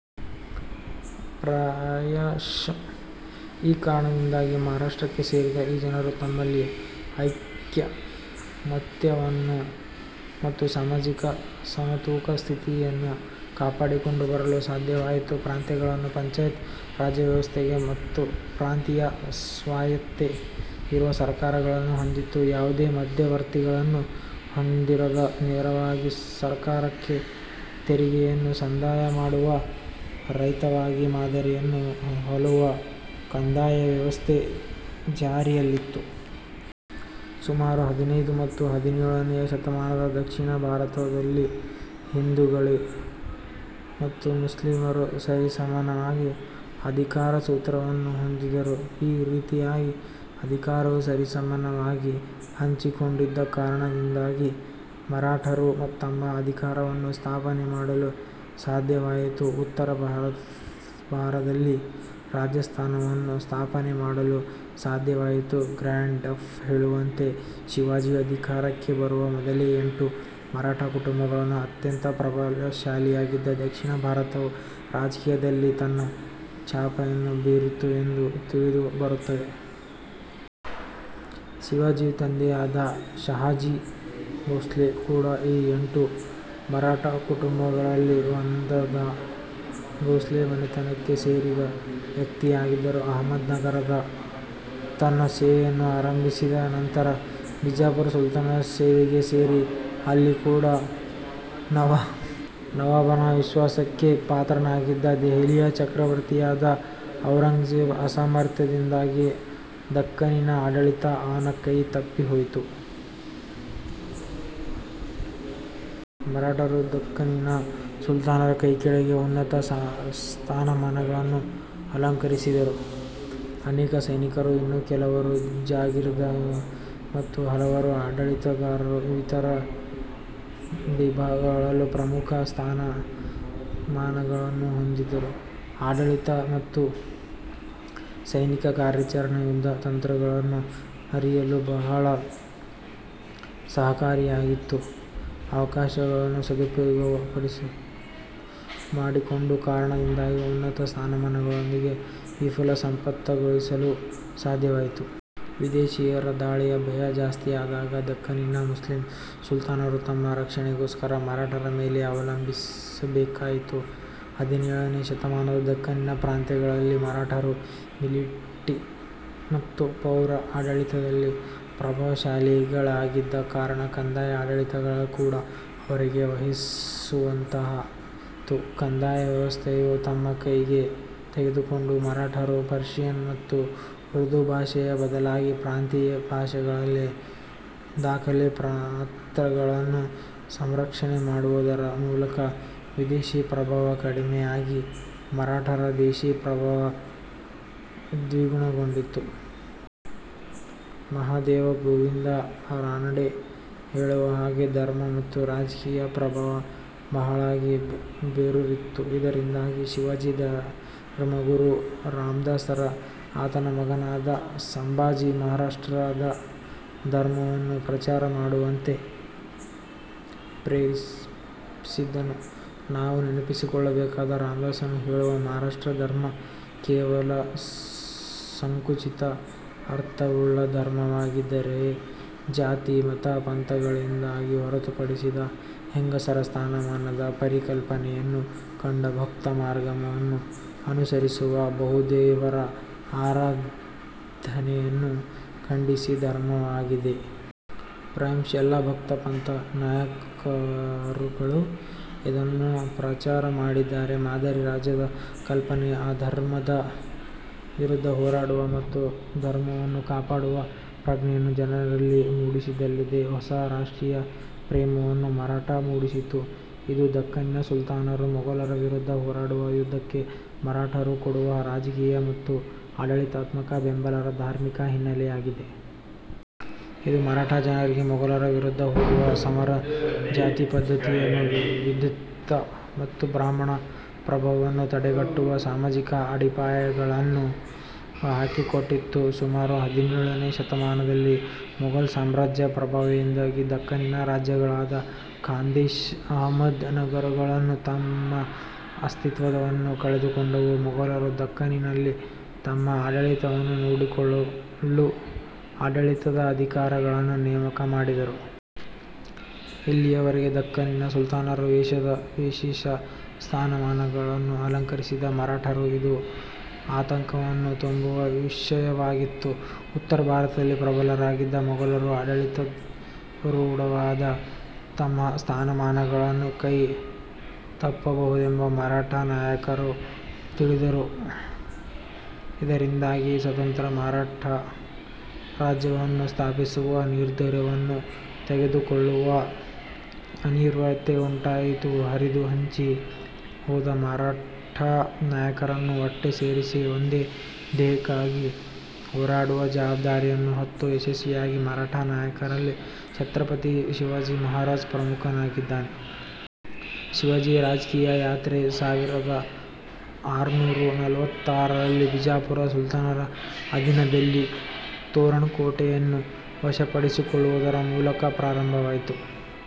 ಪ್ರಾಯಶಃ ಈ ಕಾರಣದಿಂದಾಗಿಯೇ ಮಹಾರಾಷ್ಟ್ರಕ್ಕೆ ಸೇರಿದ ಈ ಜನರು ತಮ್ಮಲ್ಲಿ ಐಕ್ಯಮತ್ಯವನ್ನು ಮತ್ತು ಸಾಮಾಜಿಕ ಸಮತೂಕ ಸ್ಥಿತಿಯನ್ನು ಕಾಪಾಡಿಕೊಂಡು ಬರಲು ಸಾಧ್ಯವಾಯಿತು. ಪ್ರಾಂತ್ಯಗಳು ಪಂಚಾಯತ್ ರಾಜ್ಯವ್ಯವಸ್ಥೆ ಮತ್ತು ಪ್ರಾಂತೀಯ ಸ್ವಾಯತ್ತೆ ಇರುವ ಸರಕಾರಗಳನ್ನು ಹೊಂದಿತ್ತು. ಯಾವುದೇ ಮಧ್ಯವರ್ತಿಗಳನ್ನು ಹೊಂದಿರದ, ನೇರವಾಗಿ ಸರಕಾರಕ್ಕೆ ತೆರಿಗೆಯನ್ನು ಸಂದಾಯ ಮಾಡುವ, ರೈತವಾಗಿ ಮಾದರಿಯನ್ನು ಹೋಲುವ ಕಂದಾಯ ವ್ಯವಸ್ಥೆ ಜಾರಿಯಲ್ಲಿತ್ತು. ಸುಮಾರು ಹದಿನೈದು ಮತ್ತು ಹದಿನೇಳನೆಯ ಶತಮಾನದ ದಕ್ಷಿಣ ಭಾರತದಲ್ಲಿ ಹಿಂದುಗಳು ಮತ್ತು ಮುಸ್ಲಿಮರು ಸರಿಸಮಾನವಾಗಿ ಅಧಿಕಾರ ಸೂತ್ರವನ್ನು ಹೊಂದಿದ್ದರು. ಈ ರೀತಿಯಾಗಿ ಅಧಿಕಾರವು ಸರಿಸಮನಾಗಿ ಹಂಚಿಕೊಂಡಿದ್ದ ಕಾರಣದಿಂದಾಗಿ ಮರಾಠರು ತಮ್ಮ ಅಧಿಕಾರವನ್ನು ಸ್ಥಾಪನೆ ಮಾಡಲು ಸಾಧ್ಯವಾಯಿತು. ಉತ್ತರ ಭಾರದಲ್ಲಿ ರಾಜಸ್ಥಾನವನ್ನು ಸ್ಥಾಪನೆ ಮಾಡಲು ಸಾಧ್ಯವಾಯಿತು. ಗ್ರಾಂಡ್ ಢಪ್ ಹೇಳುವಂತೆ ಶಿವಾಜಿಯು ಅಧಿಕಾರಕ್ಕೆ ಬರುವ ಮೊದಲೇ ಎಂಟು ಮರಾಠ ಕುಟುಂಬಗಳು ಅತ್ಯಂತ ಪ್ರಭಾವಶಾಲಿಯಾಗಿದ್ದು ದಕ್ಷಿಣ ಭಾರತದ ರಾಜಕೀಯದಲ್ಲಿ ತನ್ನ ಛಾಪನ್ನು ಬೀರಿತ್ತು ಎಂದು ತಿಳಿದು ಬರುತ್ತದೆ. ಶಿವಾಜಿಯ ತಂದೆಯಾದ ಷಹಾಜಿ ಬೋಂಸ್ಲೆ ಕೂಡಾ ಈ ಎಂಟು ಮರಾಠ ಕುಟುಂಬಗಳಲ್ಲಿ ಒಂದಾದ ಭೋಂಸ್ಲೆ ಮನೆತನಕ್ಕೆ ಸೇರಿದ ವ್ಯಕ್ತಿಯಾಗಿದ್ದು, ಅಹಮದ್ ನಗರದಲ್ಲಿ ತನ್ನ ಸೇವೆಯನ್ನು ಆರಂಭಿಸಿ ನಂತರ ಬಿಜಾಪುರ ಸುಲ್ತಾನನ ಸೇವೆಗೆ ಸೇರಿ ಅಲ್ಲಿ ಕೂಡಾ ನವಾಬನ ವಿಶ್ವಾಸಕ್ಕೆ ಪಾತ್ರನಾಗಿದ್ದ. ದೆಹಲಿಯ ಚಕ್ರವರ್ತಿಯಾದ ಔರಂಗಜೇಬನ ಅಸಾಮರ್ಥ್ಯದಿಂದಾಗಿ ದಖ್ಖನಿನ ಆಡಳಿತ ಅವನೆ ಕೈ ತಪ್ಪಿಹೋಯಿತು. ಮರಾಠರು ದಖ್ಖನ್ನಿನ ಸುಲ್ತಾನರ ಕೈಕೆಳಗೆ ಉನ್ನತ ಸ್ಥಾನಮಾನಗಳನ್ನು ಅಲಂಕರಿಸಿದ್ದರು. ಅನೇಕರು ಸೈನಿಕರಾಗಿ, ಇನ್ನು ಕೆಲವರು ಜಾಗೀರುದಾರರಾಗಿ ಮತ್ತು ಹಲವರು ಆಡಳಿತದ ಇತರ ವಿಭಾಗಗಳಲ್ಲಿ ಪ್ರಮುಖ ಸ್ಥಾನ ಮಾನಗಳನ್ನು ಹೊಂದಿದ್ದು ಆಡಳಿತ ಮತ್ತು ಸೈನಿಕ ಕಾರ್ಯಾಚರಣ, ಯುದ್ಧ ತಂತ್ರಗಳನ್ನು ಅರಿಯಲು ಬಹಳ ಸಹಕಾರಿಯಾಗಿತ್ತು. ಅವಕಾಶಗಳ ಸದುಪಯೋಗವನ್ನು ಮಾಡಿಕೊಂಡ ಕಾರಣದಿಂದಾಗಿ ಉನ್ನತ ಸ್ಥಾನಮಾನಗಳೊಂದಿಗೆ ವಿಪುಲ ಸಂಪತ್ತನ್ನು ಗಳಿಸಲು ಸಾಧ್ಯವಾಯಿತು. ವಿದೇಶಿಯರ ದಾಳಿಯ ಭಯ ಜಾಸ್ತಿಯಾದಾಗ ದಖ್ಖನಿಯ ಮುಸ್ಲಿಮ್ ಸುಲ್ತಾನರು ತಮ್ಮ ರಕ್ಷಣೆಗೋಸ್ಕರ ಮರಾಠರ ಮೇಲೆ ಅವಲಂಬಿಸಬೇಕಾಯಿತು. ಹದಿನೇಳನೆಯ ಶತಮಾನದಲ್ಲಿ ದಖ್ಖನಿನ ಪ್ರಾಂತ್ಯಗಳಲ್ಲಿ ಮರಾಠರು ಮಿಲಿಟಿ ಮತ್ತು ಪೌರ ಆಡಳಿತದಲ್ಲಿ ಪ್ರಭಾವಶಾಲಿಗಳಾಗಿದ್ದ ಕಾರಣ ಕಂದಾಯ ಆಡಳಿತವನ್ನು ಕೂಡಾ ಅವರಿಗೇ ವಹಿಸುವಂತಾಯ್ತು. ಕಂದಾಯ ವ್ಯವಸ್ಥೆಯನ್ನು ತಮ್ಮ ಕೈಗೆ ತೆಗೆದುಕೊಂಡ ಮರಾಠರು ಪರ್ಶಿಯನ್ ಮತ್ತು ಉರ್ದು ಭಾಷೆಯ ಬದಲಾಗಿ ಪ್ರಾಂತೀಯ ಭಾಷೆಗಳಲ್ಲಿ ದಾಖಲೆ ಪತ್ರಗಳನ್ನು ಸಂರಕ್ಷಣೆ ಮಾಡುವುದರ ಮೂಲಕ ವಿದೇಶಿ ಪ್ರಭಾವ ಕಡಿಮೆಯಾಗಿ ಮರಾಠರ ದೇಶಿಯ ಪ್ರಭಾವ ದ್ವಿಗುಣಗೊಂಡಿತು. ಮಹಾದೇವ ಗೋವಿಂದ ರಾನಡೆ ಹೇಳುವ ಹಾಗೆ ಧರ್ಮ ಮತ್ತು ರಾಜಕೀಯದ ಪ್ರಭಾವ ಬಹಳವಾಗಿ ಬೇರೂರಿತ್ತು. ಇದರಿಂದಾಗಿ ಶಿವಾಜಿಯ ಧರ್ಮಗುರು ರಾಮದಾಸರು ಆತನ ಮಗನಾದ ಸಾಂಬಾಜಿಯಲ್ಲಿ ಮಹಾರಾಷ್ಟ್ರ ಧರ್ಮವನ್ನು ಪ್ರಚಾರ ಮಾಡುವಂತೆ ಪ್ರೇರೆಪಿಸಿದ್ದನ್ನು ನಾವು ನೆನಪಿಸಿಕೊಳ್ಳಬೇಕು. ರಾಮದಾಸರು ಹೇಳುವ ಮಹಾರಾಷ್ಟ್ರ ಧರ್ಮ ಕೇವಲ ಸಂಕುಚಿತ ಅರ್ಥವುಳ್ಳ ಧರ್ಮವಾಗಿರದೆ ಜಾತಿ ಮತ ಪಂಥಗಳಿಂದ ಹೊರತುಪಡಿಸಿದ, ಹೆಂಗಸರ ಸ್ಥಾನಮಾನದ ಪರಿಕಲ್ಪನೆಯನ್ನು ಕಂಡ, ಭಕ್ತಿಮಾರ್ಗವನ್ನು ಅನುಸರಿಸುವ, ಬಹುದೇವರ ಆರಾಧನೆಯನ್ನು ಖಂಡಿಸುವ ಧರ್ಮವಾಗಿದೆ. ಪ್ರಾಯಶಃ ಎಲ್ಲ ಭಕ್ತಿಪಂಥದ ನಾಯಕರುಗಳು ಇದನ್ನು ಪ್ರಚಾರ ಮಾಡಿದ್ದಾರೆ. ಮಾದರಿ ರಾಜ್ಯದ ಕಲ್ಪನೆ, ಅಧರ್ಮದ ವಿರುದ್ಧ ಹೋರಾಡುವ ಮತ್ತು ಧರ್ಮವನ್ನು ಕಾಪಾಡುವ ಪ್ರಜ್ಞೆಯನ್ನು ಜನರಲ್ಲಿ ಮೂಡಿಸಿದ್ದಲ್ಲದೆ ಹೊಸ ರಾಷ್ಟ್ರೀಯ ಪ್ರೇಮವನ್ನು ಮರಾಠರಲ್ಲಿ ಮೂಡಿಸಿತು. ಇದು ದಖ್ಖನಿನ ಸುಲ್ತಾನರು ಮೊಗಲರ ವಿರುದ್ಧ ಹೋರಾಡುವ ಯುದ್ಧಕ್ಕೆ ಮರಾಠರು ಕೊಡುವ ರಾಜಕೀಯ ಮತ್ತು ಆಡಳಿತಾತ್ಮಕ ಬೆಂಬಲರ ಧಾರ್ಮಿಕ ಹಿನ್ನೆಲೆಯಾಗಿದೆ. ಇದು ಮರಾಠ ಜನರಿಗೆ ಮೊಗಲರ ವಿರುದ್ಧ ಹೂಡುವ ಸಮರ, ಜಾತಿಪದ್ಧತಿಯ ವಿರೋಧ ಮತ್ತು ಬ್ರಾಹ್ಮಣ ಪ್ರಭಾವವನ್ನು ತಡೆಗಟ್ಟುವ ಸಾಮಾಜಿಕ ಅಡಿಪಾಯವನ್ನು ಹಾಕಿ ಕೊಟ್ಟಿತು. ಸುಮಾರು ಹದಿನೇಳನೆಯ ಶತಮಾನದಲ್ಲಿ ಮೊಗಲ್ ಸಾಮ್ರಾಜ್ಯದ ಪ್ರಭಾವದಿಂದಾಗಿ ದಖ್ಖನ್ನಿನ ರಾಜ್ಯಗಳಾದ ಖಾಂದೇಶ, ಅಹಮ್ಮದ್ ನಗರಗಳು ತಮ್ಮ ಅಸ್ತಿತ್ವವನ್ನು ಕಳೆದುಕೊಂಡವು. ಮೊಗಲರು ದಖ್ಖನಿನಲ್ಲಿ ತಮ್ಮ ಆಡಳಿತವನ್ನು ನೋಡಿಕೊಳ್ಳಲು ಆಡಳಿತದ ಅಧಿಕಾರಿಗಳನ್ನು ನೇಮಕ ಮಾಡಿದರು. ಇಲ್ಲಿಯವರೆಗೆ ದಖ್ಖನ್ನಿನ ಸುಲ್ತಾನರುಗಳಡಿಯಲ್ಲಿ ವಿಶೇಷ ಸ್ಥಾನಮಾನಗಳನ್ನು ಅಲಂಕರಿಸಿದ್ದ ಮರಾಠರಲ್ಲಿ ಇದು ಆತಂಕವನ್ನು ತುಂಬುವ ವಿಷಯವಾಗಿತ್ತು. ಉತ್ತರ ಭಾರತದಲ್ಲಿ ಪ್ರಬಲರಾಗಿದ್ದ ಮೊಗಲರು ಆಡಳಿತಾರೂಢರಾದಲ್ಲಿ ತಮ್ಮ ಸ್ಥಾನಮಾನಗಳು ಕೈ ತಪ್ಪಬಹುದೆಂದು ಮರಾಠ ನಾಯಕರು ತಿಳಿದರು. ಇದರಿಂದಾಗಿ ಸ್ವತಂತ್ರ ಮರಾಠ ರಾಜ್ಯವನ್ನು ಸ್ಥಾಪಿಸುವ ನಿರ್ಧಾರವನ್ನು ತೆಗೆದುಕೊಳ್ಳುವ ಅನಿವಾರ್ಯತೆ ಉಂಟಾಯಿತು. ಹರಿದು ಹಂಚಿ ಹೋದ ಮರಾಠ ನಾಯಕರನ್ನು ಒಟ್ಟು ಸೇರಿಸಿ ಒಂದೇ ಧ್ಯೇಯಕ್ಕಾಗಿ ಹೋರಾಡುವ ಜವಾಬ್ದಾರಿಯನ್ನು ಹೊತ್ತು ಯಶಸ್ವಿಯಾದ ಮರಾಠ ನಾಯಕರಲ್ಲಿ ಛತ್ರಪತಿ ಶಿವಾಜಿ ಮಹಾರಾಜ ಪ್ರಮುಖನಾಗಿದ್ದಾನೆ. ಶಿವಾಜಿಯ ರಾಜಕೀಯ ಯಾತ್ರೆ ಸಾವಿರದ ಆರುನೂರಾ ನಲವತ್ತಾರರಲ್ಲಿ ಬಿಜಾಪುರದ ಸುಲ್ತಾನರ ಅಧೀನದಲ್ಲಿದ್ದ ತೋರಣಕೋಟೆಯನ್ನು ವಶಪಡಿಸಿಕೊಳ್ಳುವುದರ ಮೂಲಕ ಪ್ರಾರಂಭವಾಯಿತು.